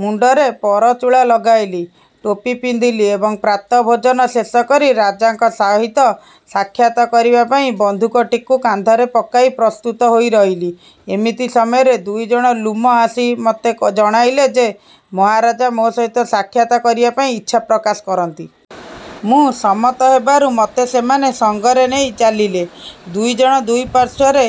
ମୁଣ୍ଡରେ ପରଚୁଳା ଲଗାଇଲି। ଟୋପି ପିନ୍ଧିଲି ଏବଂ ପ୍ରାତଃ ଭୋଜନ ଶେଷ କରି ରାଜାଙ୍କ ସହିତ ସାକ୍ଷାତ କରିବାପାଇଁ ବନ୍ଧୁକଟିକୁ କାନ୍ଧରେ ପକାଇ ପ୍ରସ୍ତୁତ ହୋଇ ରହିଲି। ଏମିତି ସମୟରେ ଦୁଇଜଣ ଲ୍ଲୁମ ଆସି ମୋତେ ଜଣାଇଲେ ଯେ, ମହାରାଜ ମୋ ସହିତ ସାକ୍ଷାତ କରିବାପାଇଁ ଇଚ୍ଛା ପ୍ରକାଶ କରନ୍ତି। ମୁଁ ସମ୍ମତ ହେବାରୁ ମୋତେ ସେମାନେ ସଙ୍ଗରେ ନେଇ ଚାଲିଲେ। ଦୁଇଜଣ ଦୁଇ ପାର୍ଶ୍ୱରେ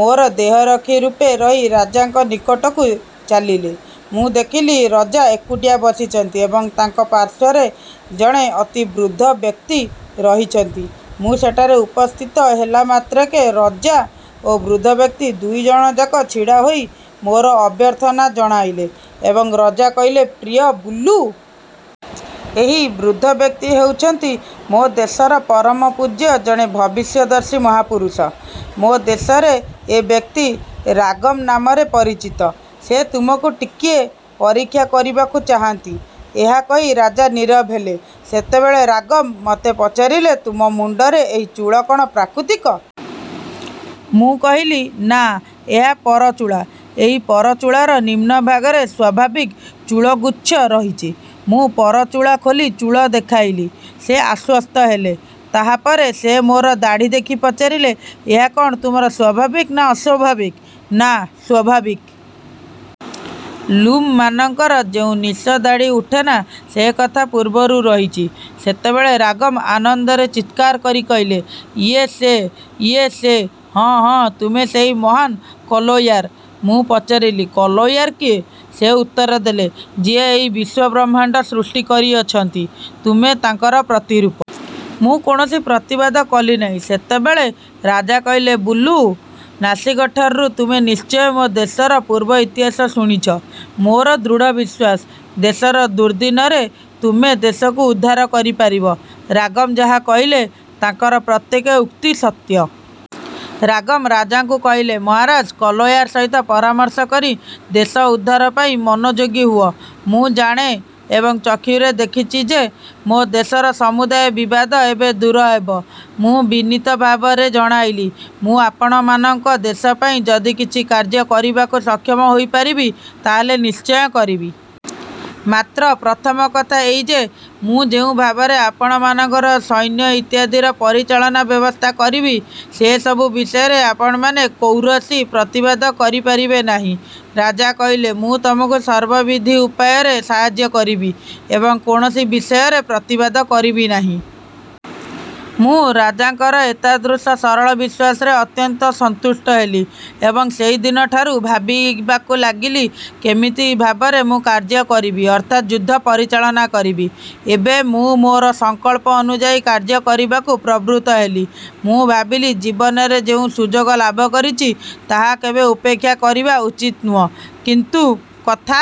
ମୋର ଦେହରକ୍ଷୀ ରୂପେ ରହି ରାଜାଙ୍କ ନିକଟକୁ ଚାଲିଲେ। ମୁଁ ଦେଖିଲି ରଜା ଏକୁଟିଆ ବସିଛନ୍ତି ଏବଂ ତାଙ୍କ ପାର୍ଶ୍ୱରେ ଜଣେ ଅତି ବୃଦ୍ଧବ୍ୟକ୍ତି ରହିଛନ୍ତି। ମୁଁ ସେଠାରେ ଉପସ୍ଥିତ ହେଲା ମାତ୍ରକେ ରଜା ଓ ବୃଦ୍ଧବ୍ୟକ୍ତି ଦୁଇଜଣଯାକ ଛିଡ଼ା ହୋଇ ମୋର ଅଭ୍ୟର୍ଥନା ଜଣାଇଲେ ଏବଂ ରଜା କହିଲେ, 'ପ୍ରିୟ ବୁଲୁ! ଏହି ବୃଦ୍ଧବ୍ୟକ୍ତି ହେଉଛନ୍ତି ମୋ ଦେଶର ପରମପୂଜ୍ୟ ଜଣେ ଭବିଷ୍ୟଦର୍ଶୀ ମହାପୁରୁଷ। ମୋ ଦେଶରେ ଏ ବ୍ୟକ୍ତି ରାଗମ୍ ନାମରେ ପରିଚିତ। ସେ ତୁମକୁ ଟିକିଏ ପରୀକ୍ଷା କରିବାକୁ ଚାହାନ୍ତି। ' ଏହା କହି ରାଜା ନୀରବ ହେଲେ। ସେତେବେଳେ ରାଗମ୍ ମୋତେ ପଚାରିଲେ, ତୁମ ମୁଣ୍ଡରେ ଏହି ଚୂଳ କ'ଣ ପ୍ରାକୃତିକ? ମୁଁ କହିଲି, ନା ଏହା ପରଚୁଳା। ଏହି ପରଚୁଳାର ନିମ୍ନଭାଗରେ ସ୍ୱାଭାବିକ ଚୂଳଗୁଚ୍ଛ ରହିଛି। ମୁଁ ପରଚୁଳା ଖୋଲି ଚୂଳ ଦେଖାଇଲି, ସେ ଆଶ୍ୱସ୍ତ ହେଲେ। ତାହାପରେ ସେ ମୋର ଦାଢ଼ି ଦେଖି ପଚାରିଲେ, ଏହା କ'ଣ ତୁମର ସ୍ୱାଭାବିକ ନା ଅସ୍ୱାଭାବିକ? ନା, ସ୍ୱାଭାବିକ। ଲ୍ଲୁମମାନଙ୍କର ଯେଉଁ ନିଶ ଦାଢ଼ି ଉଠେନା ସେ କଥା ପୂର୍ବରୁ କହିଛି। ସେତେବେଳେ ରାଗମ୍ ଆନନ୍ଦରେ ଚିତ୍କାର କରି କହିଲେ, ''ଏଇ ସେ,-ଏଇ ସେ। ହଁ, ହଁ, ତୁମେ ସେହି ମହାନ୍ କଲୋୟାର। ମୁଁ ପଚାରିଲି, 'କଲୋୟାର କିଏ? ' ସେ ଉତ୍ତର ଦେଲେ, ''ଯିଏ ଏହି ବିଶ୍ୱବ୍ରହ୍ମାଣ୍ଡ ସୃଷ୍ଟି କରିଅଛନ୍ତି, ତୁମେ ତାଙ୍କର ପ୍ରତିରୂପ-। ମୁଁ କୌଣସି ପ୍ରତିବାଦ କଲି ନାହିଁ। ସେତେବେଳେ ରାଜା କହିଲେ, ''ବୁଲୁ! ନାସିଗ୍ଠାରୁ ତୁମେ ନିଶ୍ଚୟ ମୋ ଦେଶର ପୂର୍ବ ଇତିହାସ ଶୁଣିଛ। ମୋର ଦୃଢ଼ ବିଶ୍ୱାସ, ଦେଶର ଦୁର୍ଦ୍ଦିନରେ ତୁମେ ଦେଶକୁ ଉଦ୍ଧାର କରିପାରିବ। ରାଗମ୍ ଯାହା କହିଲେ, ତାଙ୍କର ପ୍ରତ୍ୟେକ ଉକ୍ତି ସତ୍ୟ। '' ରାଗମ୍ ରାଜାଙ୍କୁ କହିଲେ, ମହାରାଜ! କଲୋୟାର ସହିତ ପରାମର୍ଶ କରି ଦେଶ ଉଦ୍ଧାରପାଇଁ ମନୋଯୋଗୀ ହୁଅ। ମୁଁ ଜାଣେ ଏବଂ ଚକ୍ଷୁରେ ଦେଖିଛି ଯେ ମୋ ଦେଶର ସମୁଦାୟ ବିବାଦ ଏବେ ଦୂର ହେବ। ମୁଁ ବିନୀତ ଭାବରେ ଜଣାଇଲି, ''ମୁଁ ଆପଣମାନଙ୍କ ଦେଶପାଇଁ ଯଦି କିଛି କାର୍ଯ୍ୟ କରିବାକୁ ସକ୍ଷମ ହୋଇପାରିବି ତାହାହେଲେ ନିଶ୍ଚୟ କରିବି। ମାତ୍ର ପ୍ରଥମ କଥା ଏଇ ଯେ, ମୁଁ ଯେଉଁ ଭାବରେ ଆପଣମାନଙ୍କର ସୈନ୍ୟ ଇତ୍ୟାଦିର ପରିଚାଳନାର ବ୍ୟବସ୍ଥା କରିବି, ସେସବୁ ବିଷୟରେ ଆପଣମାନେ କୌରସି ପ୍ରତିବାଦ କରିପାରିବେ ନାହିଁ। ରାଜା କହିଲେ-ମୁଁ ତୁମକୁ ସର୍ବବିଧ ଉପାୟରେ ସାହାଯ୍ୟ କରିବି ଏବଂ କୌଣସି ବିଷୟରେ ପ୍ରତିବାଦ କରିବି ନାହିଁ। ମୁଁ ରାଜାଙ୍କର ଏତାଦୃଶ ସରଳ ବିଶ୍ୱାସରେ ଅତ୍ୟନ୍ତ ସନ୍ତୁଷ୍ଟ ହେଲି ଏବଂ ସେହିଦିନଠାରୁ ଭାବିବାକୁ ଲାଗିଲି କିମିତି ଭାବରେ ମୁଁ କାର୍ଯ୍ୟ କରିବି ଅର୍ଥାତ୍ ଯୁଦ୍ଧ ପରିଚାଳନା କରିବି। ଏବେ ମୁଁ ମୋର ସଂକଳ୍ପ ଅନୁଯାୟୀ କାର୍ଯ୍ୟ କରିବାକୁ ପ୍ରବୃତ୍ତ ହେଲି। ମୁଁ ଭାବିଲି, ଜୀବନରେ ଯେଉଁ ସୁଯୋଗ ଲାଭ କରିଛି, ତାହା କେବେ ଉପେକ୍ଷା କରିବା ଉଚିତ ନୁହେଁ। କିନ୍ତୁ କଥା